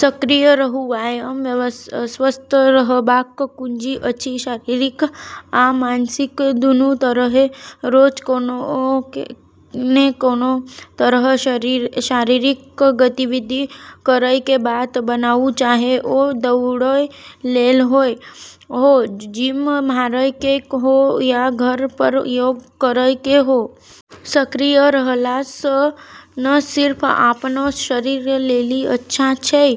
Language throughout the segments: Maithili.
सक्रिय रहू व्यायाम स्वस्थ रहबाक कुंजी अछि, शारीरिक आ मानसिक दुनू तरहे। रोज कोनो ने कोनो तरहक शारीरिक गतिविधि करय के बात बनाउ- चाहे ओ दौड़य लेल हो, जिम मारय के हो या घर पर योग करय के हो. सक्रिय रहला स॑ न सिर्फ आपनो शरीर लेली अच्छा छै,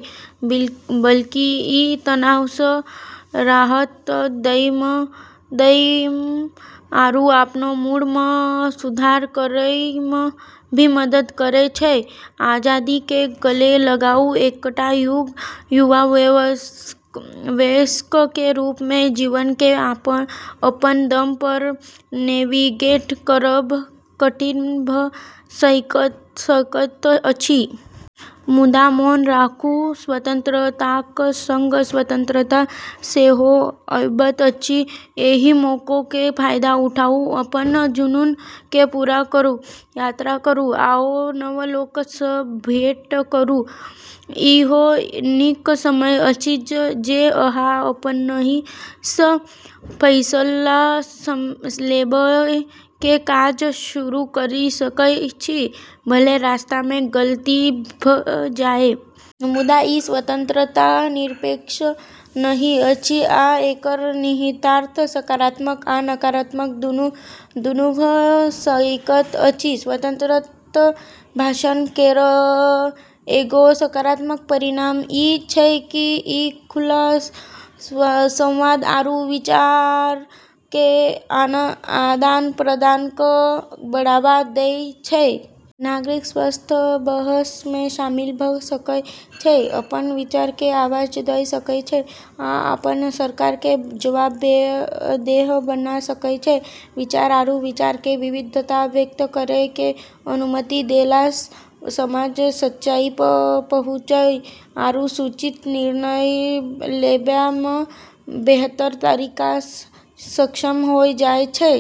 बल्कि ई तनाव स॑ राहत दै म॑ आरू आपनो मूड म॑ सुधार करै म॑ भी मदद करै छै। आजादी के गले लगाउ एकटा युवा वयस्क के रूप में जीवन के अपन दम पर नेविगेट करब कठिन भ सकैत अछि। मुदा मोन राखू, स्वतंत्रताक संग स्वतंत्रता सेहो अबैत अछि। एहि मौका के फायदा उठाउ अपन जुनून के पूरा करू, यात्रा करू, आओर नव लोक सं भेंट करू. इहो नीक समय अछि जे अहां अपनहि सं फैसला लेबय के काज शुरू करि सकय छी, भले रास्ता मे गलती भ जाए. मुदा ई स्वतंत्रता निरपेक्ष नहिं अछि आ एकर निहितार्थ सकारात्मक आ नकारात्मक दुनू भ' सकैत अछि। स्वतंत्र भाषण केरऽ एगो सकारात्मक परिणाम ई छै कि ई खुला संवाद आरू विचारऽ के आदान-प्रदान क॑ बढ़ावा दै छै। नागरिक स्वस्थ बहस मे शामिल भ सकय छै, अपन विचार कें आवाज द सकय छै, आ अपन सरकार कें जवाबदेह बना सकय छै. विचार आरू विचार के विविधता व्यक्त करै के अनुमति देला स॑ समाज सच्चाई प॑ पहुँचै आरू सूचित निर्णय लेबै म॑ बेहतर तरीका स॑ सक्षम होय जाय छै।